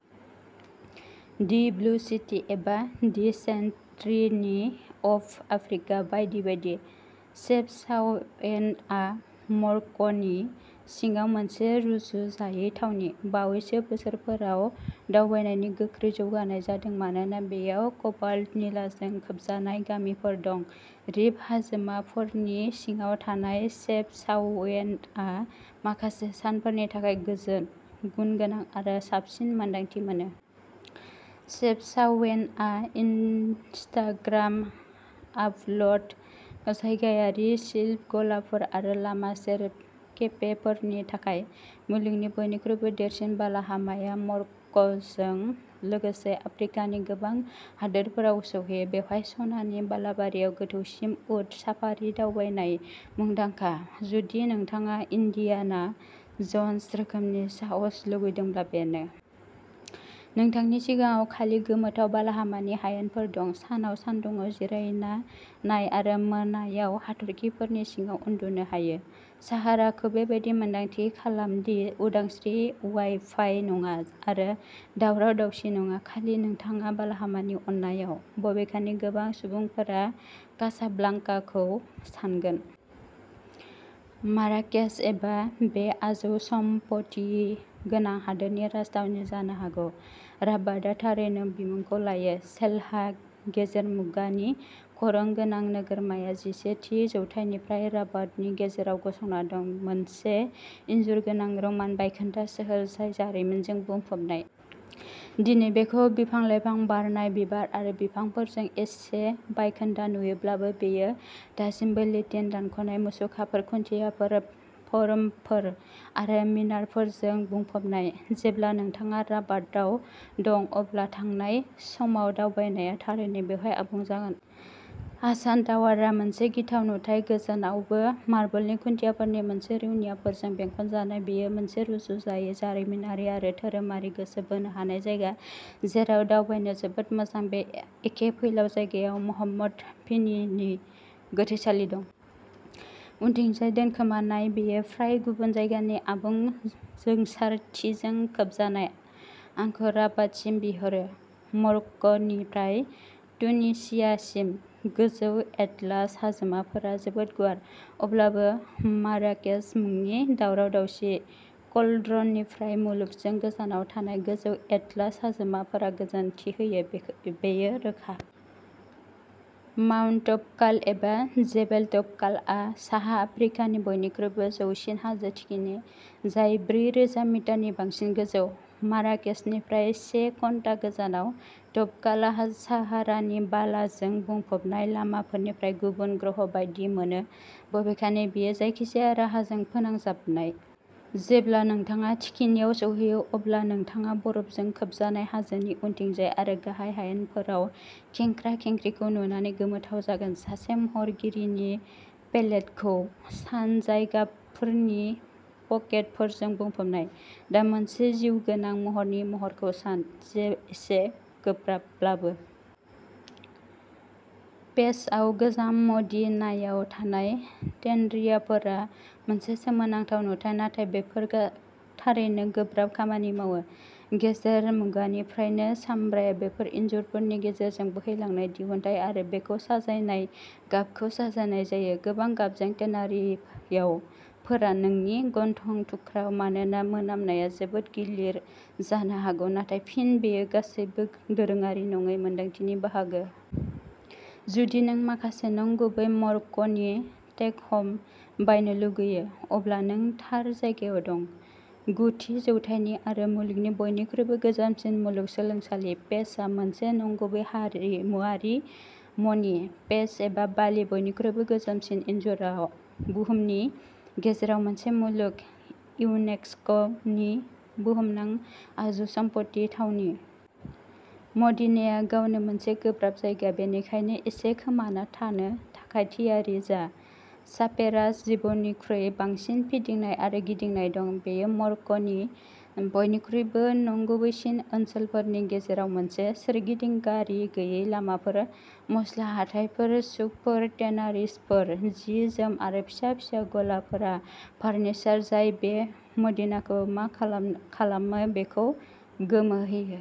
दि blue city एबा the सेन्टरिनि of Africa बायदि बायदि, शेफचाउएनआ मरक्क'नि सिङाव मोनसे रुजुजायै थावनि। बावैसो बोसोरफोराव दावबायनायनि गोख्रै जौगानाय जादों मानोना बेयाव कबाल्ट निलाजों खोबजानाय गामिफोर दं। रिफ हाजोमाफोरनि सिङाव थानाय, शेफचाउएनआ माखासे सानफोरनि थाखाय गोजोन, गुनगोनां आरो साबसिन मोनदांथि मोनो। शेफचाउएनआ इनस्टाग्राम आपल'ड, जायगायारि शिल्प गलाफोर आरो लामा सेर केफेफोरनि थाखाय। मुलुगनि बयनिख्रुइबो देरसिन बालाहामाया मरक्क'जों लोगोसे आफ्रिकानि गोबां हादोरफोराव सौहैयो। बेवहाय, सनानि बालाबारियाव गोथौसिम उट साफारि दावबायनाय मुंदांखा। जुदि नोंथाङा इन्डियाना जन्स रोखोमनि साहस लुबैदोंब्ला, बेनो! नोंथांनि सिगाङाव खालि गोमोथाव बालाहामानि हायेनफोर दं, सानाव सान्दुङाव जिरायना नाय आरो मोनायाव हाथरखिफोरनि सिङाव उन्दुनो हायो। साहाराखौ बेबादि मोन्दांथि खालामदि उदांस्रि-वाइफाइ नङा आरो दावराव दावसि नङा, खालि नोंथाङा बालाहामानि अननायाव। बबेखानि गोबां सुबुंफोरा कासाब्लांकाखौ सानगोन। माराकेच एबा बे आजौसमफथि गोनां हादोरनि राजथावनि जानो हागौ, राबातआ थारैनो बिमुंखौ लायो। चेल्लाह, गेजेर मुगानि खरं गोनां नोगोरमाया जिसे थि जौथायनिफ्राय राबातनि गेजेराव गसंना दं, मोनसे इन्जुर गोनां र'मान बायखोन्दा सोहोर जाय जारिमिनजों बुंफबनाय। दिनै बेखौ बिफां लाइफां, बारनाय बिबार आरो बिफांफोरजों एसे बायखोन्दा नुयोब्लाबो, बेयो दासिमबो लेटिन दानख'नाय मुसुखाफोर, खुन्थियाफोर, फोरमफोर आरो मिनारफोरजों बुंफबनाय। जेब्ला नोंथाङा राबाताव दं, अब्ला थांनाय समाव दावबायनाया थारैनो बेवहाय आबुं जागोन। हासान टावारआ मोनसे गिथाव नुथाय, गोजानआवबो। मार्बलनि खुन्थियाफोरनि मोनसे रौनियाफोरजों बेंखनजानाय, बेयो मोनसे रुजुजायै जारिमिनारि आरो धोरोमारि गोसो बोनो हानाय जायगा, जेराव दावबायनो जोबोद मोजां। बे एखे फैलाव जायगायाव महम्मद भिनि गोथैसालि दं। उनथिंजाय दोनखोमानाय, बेयो फ्राय गुबुन जायगानि आबुं जोंसारथिजों खोबजानाय। आंखौ राबातसिम बिरहो! मरक्क'निफ्राय तुनिसियासिम, गोजौ एटलास हाजोमाफोरा जोबोद गुवार। अब्लाबो, माराकेस मुंनि दावराव-दावसि क'लड्रननिफ्राय मुलुगजों गोजानाव थानाय, गोजौ एटलास हाजोमाफोरा गोजोनथि होयो, बेयो रोखा। माउन्ट तौबकाल एबा जेबेल तौबकालआ साहा आफ्रिकानि बयनिख्रुइबो जौसिन हाजो थिखिनि, जाय ब्रैरोजा मिटारनि बांसिन गोजौ। माराकेसनिफ्राय से घन्टा गोजानाव, तौबकालआ साहारानि बालाजों बुंफबनाय लामाफोरनिफ्राय गुबुन ग्रह बायदि मोनो, बबेखानि बेयो जायखिजाया राहाजों फोनांजाबनाय। जेब्ला नोंथाङा थिखिनियाव सौहैयो, अब्ला नोंथाङा बरफजों खोबजानाय हाजोनि उनथिंजाय आरो गाहाय हायेनफोराव खेंख्रा खेंख्रिखौ नुनानै गोमोथाव जागोन। सासे महरगिरिनि पेलेटखौ सान, जाय गाबफोरनि पकेटफोरजों बुंफबनाय। दा मोनसे जिउगोनां महरनि महरखौ सान, एसे गोब्राबब्लाबो। फेजआव गोजाम मदीनायाव थानाय टेनरियाफोरा मोनसे सोमोनांथाव नुथाय, नाथाय बेफोर थारैनो गोब्राब खामानि मावो। गेजेर मुगानिफ्रायनो, सामब्राया बेफोर इनजुरफोरनि गेजेरजों बोहैलांनाय दिहुनथाय आरो बेखौ साजायनाय गाबखौ साजायनाय जायो। गोबां गाबजों टेनारियाव फोरान। नोंनि गन्थंखौ थुख्राव, मानोना मोनामनाया जोबोद गिलिर जानो हागौ, नाथाय फिन, बेयो गासैबो दोरोङारि नङै मोन्दांथिनि बाहागो। जुदि नों माखासे नंगुबै मरक्क'नि टेक-ह'म बायनो लुगैयो, अब्ला नों थार जायगायाव दं। गु थि जौथाइनि आरो मुलुगनि बयनिख्रुइबो गोजामसिन मुलुगसोलोंसालि, फेजआ मोनसे नंगुबै हारिमुआरि मणि। फेज एल बालि, बयनिख्रुइबो गोजामसिन इनजुरआ बुहुमनि गेजेराव मोनसे मुलुग, इउनेस्क'नि बुहुमनां आजौसमफथि थावनि। मदीनाया गावनो मोनसे गोब्राब जायगा, बेनिखायनो एसे खोमाना थानो थाखाय थियारि जा, सापेरास जिबौनिख्रुइ बांसिन फिदिंनाय आरो गिदिंनाय दं। बेयो मरक्क'नि बयनिख्रुइबो नंगुबैसिन ओनसोलफोरनि गेजेराव मोनसे। सोरगिदिं गारि-गैयै लामाफोर, मस्ला हाथायफोर, सुकफोर, टेनारिसफोर, जि जोम आरो फिसा फिसा गलाफोरा फार्निचार जाय बे मदिनाखौ मा खालामो बेखौ गोमोहोयो।